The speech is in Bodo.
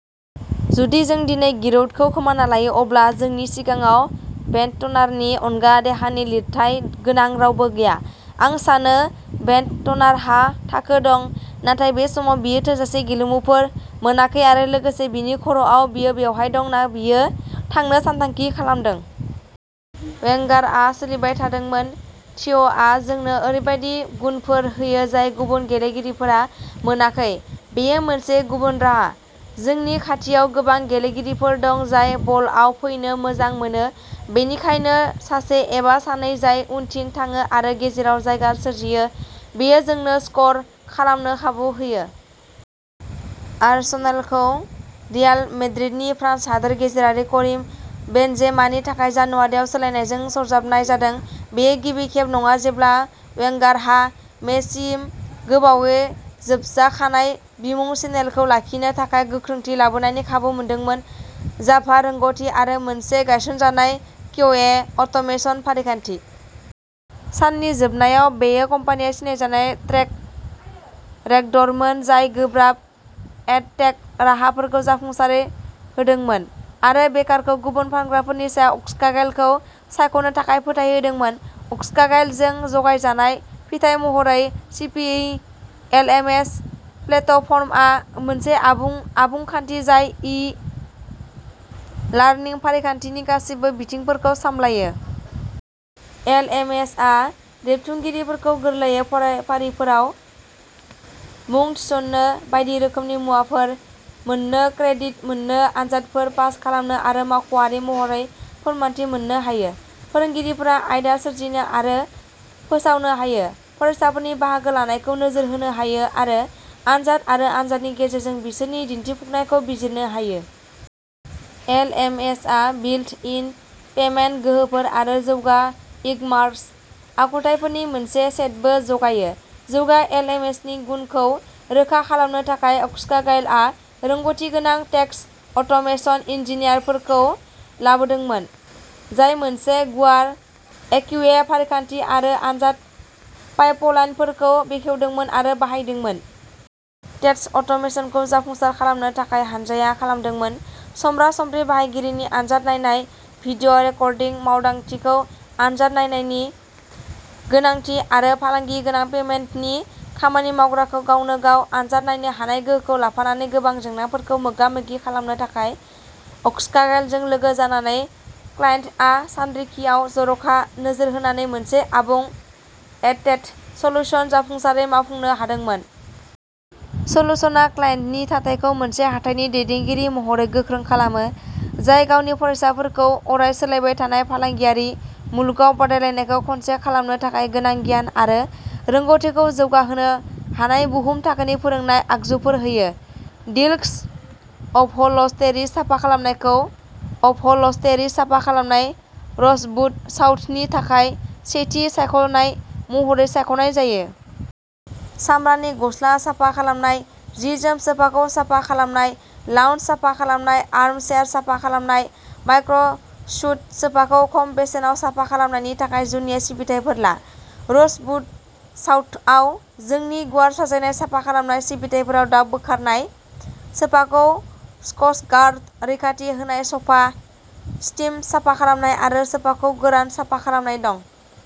जुदि जों दिनै गिरौदखौ खोमाना लायो, अब्ला जोंनि सिगाङाव बेन्डटनारनि अनगा देहानि लिरथाइ गोनां रावबो गैया।" आं सानो बेन्डटनारहा थाखो दं, नाथाय बे समाव बियो थोजासे गेलेमुफोर मोनाखै-आरो लोगोसे, बिनि खर'आव, बियो बेवहाय दं ना बियो थांनो सानथांखि खालामदों? "वेंगारआ सोलिबाय थादोंमोनः" थिय'आ जोंनो ओरैबायदि गुनफोर होयो जाय गुबुन गेलेगिरिफोरा मोनाखै, बेयो मोनसे गुबुन राहा। "जोंनि खाथियाव गोबां गेलेगिरिफोर दं जाय बलआव फैनो मोजां मोनो, बेनिखायनो सासे एबा सानै जाय उनथिं थाङो आरो गेजेराव जायगा सोरजियो, बेयो जोंनो स्क'र खालामनो खाबु होयो।" आर्सेनलखौ रियाल मेड्रिडनि फ्रान्स हादोर गेजेरारि करिम बेनजेमानि थाखाय जानुवारियाव सोलायनायजों सरजाबनाय जादों। बेयो गिबि खेब नङा जेब्ला वेंगारहा मेसिम गोबावै जोबजाखानाय बिमुं चेलेन्जखौ लाखिनो थाखाय गोख्रोंथि लाबोनायनि खाबु मोनदोंमोन। जाभा रोंग'थि आरो मोनसे गायसनजानाय किउए अट'मेसन फारिखान्थि। साननि जोबनायाव, बेयो कम्पानिया सिनायजानाय ट्रेक रेकर्डमोन, जाय गोब्राब एडटेक राहाफोरखौ जाफुंसारै होदोंमोन आरो बेकारखौ गुबुन फानग्राफोरनि सायाव अक्सागाइलखौ सायख'नो थाखाय फोथायहोदोंमोन। अक्सागाइलजों जगायजानाय, फिथाय महरै सीपीई एलएमएस प्लेटफर्मआ मोनसे आबुं, आबुं खान्थि, जाय ई-लार्निं फारिखान्थिनि गासैबो बिथिंफोरखौ सामलायो। एलएमएसआ रेबथुमगिरिफोरखौ गोरलैयै फरायफारिफोराव मुं थिसननो, बायदि रोखोमनि मुवाफोर मोन्नो, क्रेडिट मोननो, आनजादफोर पास खालामनो आरो मावख'आरि महरै फोरमानथि मोननो हायो। फोरोंगिरिफोरा आयदा सोरजिनो आरो फोसावनो हायो, फरायसाफोरनि बाहागो लानायखौ नोजोर होनो हायो, आरो आनजाद आरो आनजादनि गेजेरजों बिसोरनि दिन्थिफुंनायखौ बिजिरनो हायो। एलएमएसआ बिल्ट-इन पेमेन्ट गोहोफोर आरो जौगा इकमार्स आखुथायफोरनि मोनसे सेटबो जगायो। जौगा एलएमएसनि गुनखौ रोखा खालामनो थाखाय, अक्सागाइलआ रोंग'थिगोनां टेस्ट अट'मेसन इन्जिनियारफोरखौ लाबोदोंमोन, जाय मोनसे गुवार एकिउए फारिखान्थि आरो आनजाद पाइपलाइनफोरखौ बेखेवदोंमोन आरो बाहायदोंमोन। टेस्ट अट'मेसनखौ जाफुंसार खालामनो थाखाय, हानजाया खालामदोंमोन। समब्रा-समब्रि बाहायगिरिनि आनजाद नायनाय, भिडिअ रेकर्डिं मावदांथिखौ आनजाद नायनायनि गोनांथि, आरो फालांगि-गोनां पेमेन्टनि खामानि-मावग्राखौ गावनो-गाव आनजाद नायनो हानाय गोहोखौ लाफानानै गोबां जेंनाफोरखौ मोगा-मोगि खालामनो थाखाय। अक्सागाइलजों लोगो जानानै, क्लाइन्टआ सानरिखियाव जर'खा नोजोर होनानै मोनसे आबुं एडटेक सल्युसन जाफुंसारै मावफुंनो हादोंमोन। सल्युशना क्लाइन्टनि थाथायखौ मोनसे हाथाइनि दैदेनगिरि महरै गोख्रों खालामो, जाय गावनि फरायसाफोरखौ अराय-सोलायबाय थानाय फालांगियारि मुलुगाव बादायलायनायखौ खनसे खालामनो थाखाय गोनां गियान आरो रोंग'थिखौ जौगाहोनो हानाय बुहुम-थाखोनि फोरोंनाय आगजुफोर होयो। डिलक्स अपह'लस्टेरि साफा खालामनायखौ अपह'लस्टेरि साफा खालामनाय र'जबुद साउथनि थाखाय सेथि सायख'नाय महरै सायख'नाय जायो। सामब्रानि गस्ला साफा खालामनाय, जि-जोम सोफाखौ साफा खालामनाय, लाउन्ज साफा खालामनाय, आर्मचेयार साफा खालामनाय, माइक्र'स्युड सोफाखौ खम बेसेनाव साफा खालामनायनि थाखाय जुनिया सिबिथाइफोर ला। र'जबुद साउथआव जोंनि गुवार साजायनाय साफा खालामनाय सिबिथाइफोराव दाग बोखारनाय, सोफाखौ स्कचगार्ड रैखाथि होनाय, स'फा स्टीम साफा खालामनाय, आरो सोफाखौ गोरान साफा खालामनाय दं।